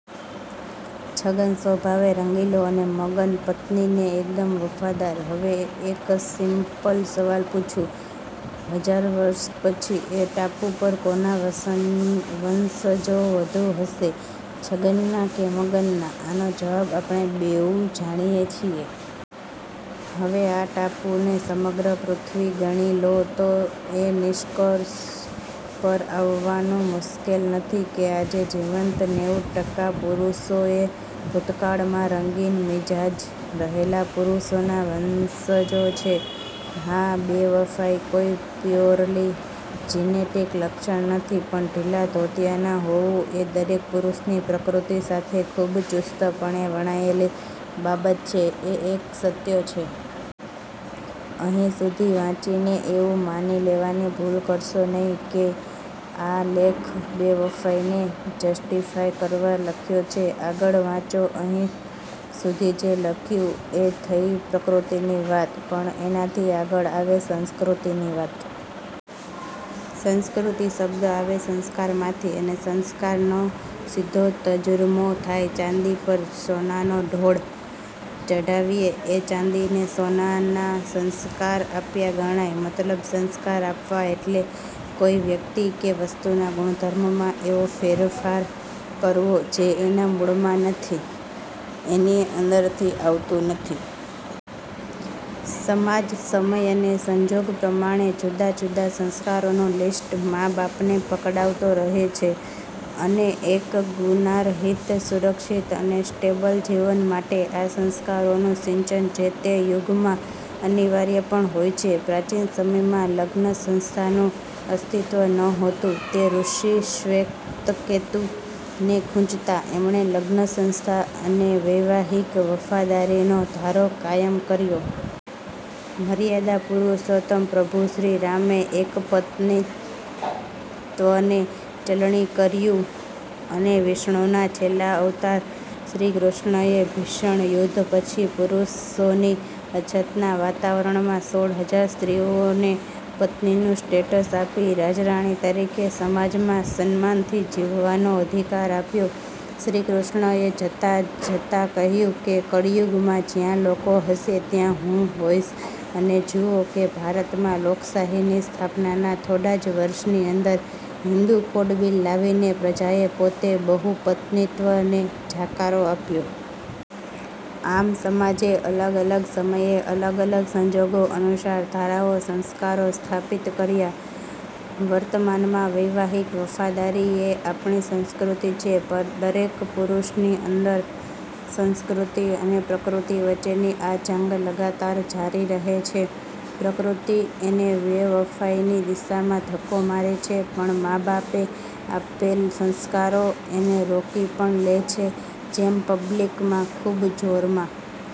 છગન સ્વભાવે રંગીલો અને મગન પત્ની ને એકદમ વફાદાર. હવે, એક સિમ્પલ સવાલ પૂછું: હજાર વર્ષ પછી એ ટાપુ પર કોના વસનજો વંશજો વધુ હશે, છગન ના કે મગન ના? આનો જવાબ આપણે બેઉ જાણીએ છીએ. હવે, આ ટાપુને સમગ્ર પૃથ્વી ગણી લો તો એ નિષ્કર્ષ પર આવવાનું મુશ્કેલ નથી કે આજે જીવંત નેવું ટકા પુરુષો એ ભૂતકાળ માં રંગીનમિજાજ રહેલા પુરુષોના વંશજો છે. હા, બેવફાઇ કોઈ પ્યોરલી જીનેટિક લક્ષણ નથી પણ ઢીલા ધોતિયાના હોવું એ દરેક પુરુષની પ્રકૃતિ સાથે ખૂબ ચુસ્તપણે વણાયેલી બાબત છે, એ એક સત્ય છે. અહીં સુધી વાંચીને એવું માની લેવાની ભૂલ કરશો નહિ કે આ લેખ બેવફાઈને જસ્ટીફાય કરવા લખ્યો છે. આગળ વાંચો: અહીં સુધી જે લખ્યું એ થઈ પ્રકૃતિની વાત. પણ એનાથી આગળ આવે સંસ્કૃતિ ની વાત. સંસ્કૃતિ શબ્દ આવે સંસ્કાર માંથી અને સંસ્કાર નો સીધો તજુરમો થાય. ચાંદી પર સોનાનો ઢોળ ચઢાવીએ એ ચાંદીને સોનાના સંસ્કાર આપ્યા ગણાય. મતલબ સંસ્કાર આપવા એટલે કોઈ વ્યક્તિ કે વસ્તુના ગુણધર્મ માં એવો ફેરફાર કરવો જે એના મૂળમાં નથી, એની અંદરથી આવતું નથી. સમાજ સમય અને સંજોગ પ્રમાણે જુદા જુદા સંસ્કારોનું લીસ્ટ મા-બાપને પકડાવતો રહે છે, અને એક ગુનારહિત, સુરક્ષિત અને સ્ટેબલ જીવન માટે આ સંસ્કારો નું સિંચન જે તે યુગમાં અનિવાર્ય પણ હોય છે. પ્રાચીન સમયમાં લગ્નસંસ્થા નું અસ્તિત્વ નહોતું તે ઋષિ શ્વેતકેતુ ને ખુંચતા એમણે લગ્નસંસ્થા અને વૈવાહિક વફાદારી નો ધારો કાયમ કર્યો. મર્યાદાપુરુષોત્તમ પ્રભુ શ્રીરામે એકપત્નીત્વને ચલણી કર્યુ અને વિષ્ણુના છેલ્લા અવતાર શ્રીકૃષ્ણએ ભીષણ યુદ્ધ પછી પુરુષોની અછતના વાતાવરણમાં સોળ હજાર સ્ત્રીઓને પત્નીનું સ્ટેટસ આપી રાજરાણી તરીકે સમાજમાં સન્માનથી જીવવાનો અધિકાર આપ્યો. શ્રીકૃષ્ણ એ જતા જતા કહ્યું કે "કળયુગ માં જ્યાં લોકો હશે ત્યાં હું હોઈશ" અને જુઓ કે ભારતમાં લોકશાહીની સ્થાપનાના થોડાજ વર્ષની અંદર હિન્દુ કોડ બિલ લાવીને પ્રજાએ પોતે બહુપત્નિત્વ ને જાકારો આપ્યો. આમ, સમાજે અલગ અલગ સમયે અલગ અલગ સંજોગો અનુસાર ધારાઓ/સંસ્કારો સ્થાપિત કર્યા. વર્તમાનમાં વૈવાહિક વફાદારી, એ આપણી સંસ્કૃતિ છે. દરેક પુરુષની અંદર સંસ્કૃતિ અને પ્રકૃતિ વચ્ચેની આ જંગ લગાતાર જારી રહે છે. પ્રકૃતિ એને બેવફાઈની દિશામાં ધક્કો મારે છે પણ માં-બાપે આપેલ સંસ્કારો એને રોકી પણ લે છે. જેમ પબ્લિક માં ખુબ જોરમાં